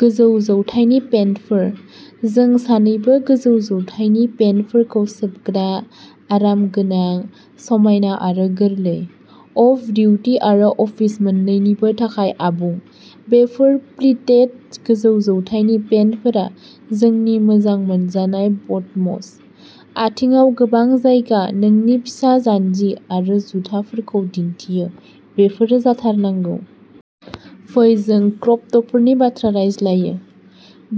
गोजौ जौथायनि पेन्टफोर। जों सानैबो गोजौ जौथायनि पेन्टफोरखौ सोबग्रा। आरामगोनां, समायना आरो गोरलै, अफ डिउटि आरो अफिस मोन्नैनिबो थाखाय आबुं, बेफोर प्लिटेड गोजौ जौथायनि पेन्टफोरा जोंनि मोजां मोनजानाय ब'टम्स। आथिंआव गोबां जायगा, नोंनि फिसा जानजि आरो जुथाफोरखौ दिन्थियो, बेफोरो जाथारनांगौ। फै जों क्रप टपफोरनि बाथ्रा रायज्लायो।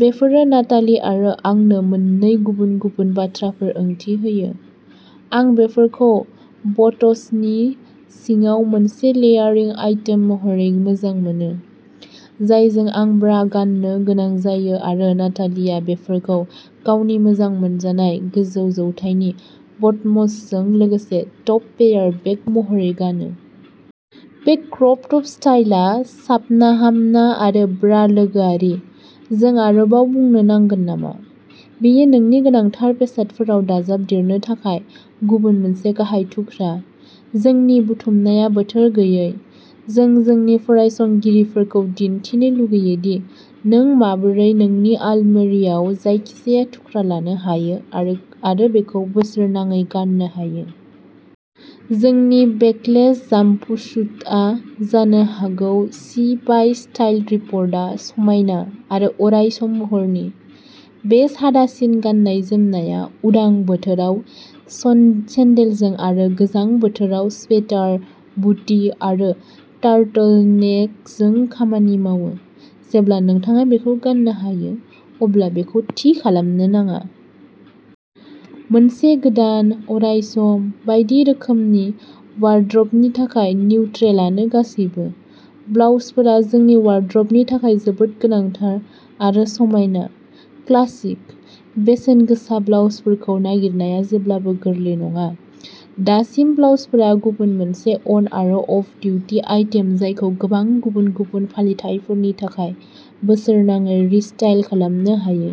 बेफोरो नाताली आरो आंनो मोननै गुबुन-गुबुन बाथ्राफोर ओंथि होयो। आं बेफोरखौ ब'ट्सनि सिङाव मोनसे लेयारिं आइटेम महरै मोजां मोनो, जायजों आं ब्रा गान्नो गोनां जायो आरो नातालीआ बेफोरखौ गावनि मोजां मोनजानाय गोजौ जौथायनि ब'टम्सजों लोगोसे टप पेयार बेक महरै गानो। बे क्रप टप स्टाइलआ साबनाहामना आरो ब्रा लोगोआरि। जों आरोबाव बुंनो नांगोन नामा? बेयो नोंनि गोनांथार बेसादफोराव दाजाबदेरनो थाखाय गुबुन मोनसे गाहाय थुख्रा। जोंनि बुथुमनाया बोथोर गैयै। जों जोंनि फरायसंगिरिफोरखौ दिन्थिनो लुगैयो दि नों माबोरै नोंनि आलमारिआव जायखिजाया थुख्रा लानो हायो आरो बेखौ बोसोरनाङै गान्नो हायो। जोंनि बेकलेस जाम्पसुटआ जानो हागौ सि बाइ स्टाइल रिपर्टआ समायना आरो अरायसम महरनि। बे सादासिन गाननाय जोमनाया उदां बोथोराव सन सेन्देलजों आरो गोजां बोथोराव स्वेटार, बुटि आरो टार्टलनेकजों खामानि मावो। जेब्ला नोंथाङा बेखौ गान्नो हायो अब्ला बेखौ थि खालामनो नाङा। मोनसे गोदान, अरायसम, बायदि रोखोमनि वार्ड्रोबनि थाखाय निउट्रेलानो गासैबो। ब्लाउजफोरा जोंनि वार्ड्रोबनि थाखाय जोबोद गोनांथार, आरो समायना, क्लासिक, बेसेनगोसा ब्लाउजफोरखौ नागिरनाया जेब्लाबो गोरलै नङा। दासिम ब्लाउजफोरा गुबुन मोनसे अन आरो अफ डिउटि आइटेम जायखौ गोबां गुबुन-गुबुन फालिथायफोरनि थाखाय बोसोरनाङै रिस्टाइल खालामनो हायो।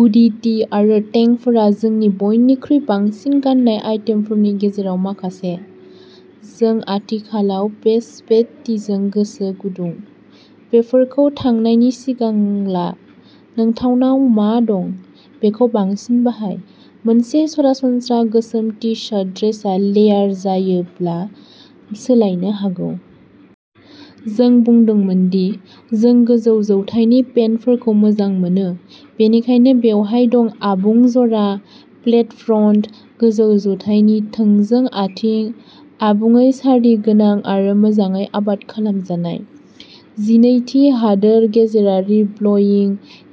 गुदि टि आरो टेंकफोरा जोंनि बयनिख्रुइ बांसिन गान्नाय आइटेमफोरनि गेजेराव माखासे। जों आथिखालाव बे स्वेट टिजों गोसो गुदुं। बेफोरखौ थांनायनि सिगां ला, नोंथांनाव मा दं बेखौ बांसिन बाहाय। मोनसे सरासनस्रा गोसोम टि शार्ट ड्रेसआ लेयार जायोब्ला सोलायनो हागौ। जों बुंदोंमोन दि जों गोजौ जौथायनि पेन्टफोरखौ मोजां मोनो, बेनिखायनो बेवहाय दं आबुं जरा, फ्लेट फ्रन्ट, गोजौ जौथायनि थोंजों आथिं, आबुङै सारि गोनां आरो मोजाङै आबाद खालामजानाय। जिनैथि हादोर गेजेरारि ब्ल'इं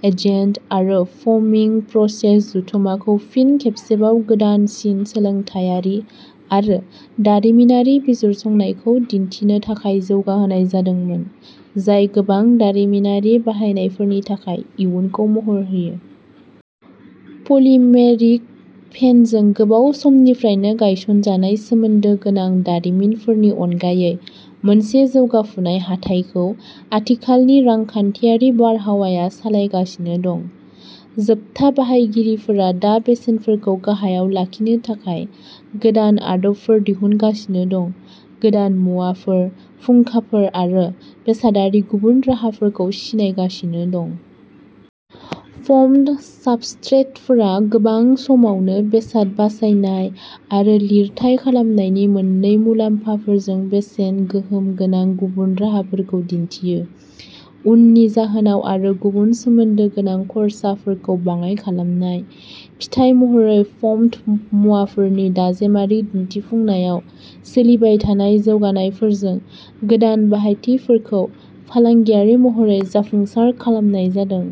एजेन्ट आरो फ'मिं प्रसेस जथुम्माखौ फिन खेबसेबाव गोदानसिन सोलोंथायारि आरो दारिमिनारि बिजिरसंनायखौ दिन्थिनो थाखाय जौगाहोनाय जादोंमोन, जाय गोबां दारिमिनारि बाहायनायफोरनि थाखाय इयुनखौ महर होयो। पलिमेरिक फेनजों गोबाव समनिफ्रायनो गायसनजानाय सोमोन्दो गोनां दारिमिनफोरनि अनगायै मोनसे जौगाफुनाय हाथाइखौ आथिखालनि रांखान्थियारि बारहावाया सालायगासिनो दं। जोबथा बाहायगिरिफोरा दा बेसेनफोरखौ गाहायाव लाखिनो थाखाय गोदान आदबफोर दिहुनगासिनो दं, गोदान मुवाफोर, फुंखाफोर आरो बेसादारि गुबुन राहाफोरखौ सिनायगासिनो दं। फ'म्ड साबस्ट्रेटफोरा गोबां समावनो बेसाद बासायनाय आरो लिरथाइ खमायनायनि मोन्नै मुलाम्फाफोरजों बेसेन गोहोम गोनां गुबुन राहाफोरखौ दिन्थियो। उननि जाहोनाय आरो गुबुन सोमोन्दो गोनां खर्साफोरखौ बाङाइ खालामनाय, फिथाय महरै फ'म्ड मुवाफोरनि दाजेमारि दिन्थिफुंनायाव सोलिबाय थानाय जौगानायफोरजों गोदान बाहायथिफोरखौ फालांगियारि महरै जाफुंसार खालामनाय जादों।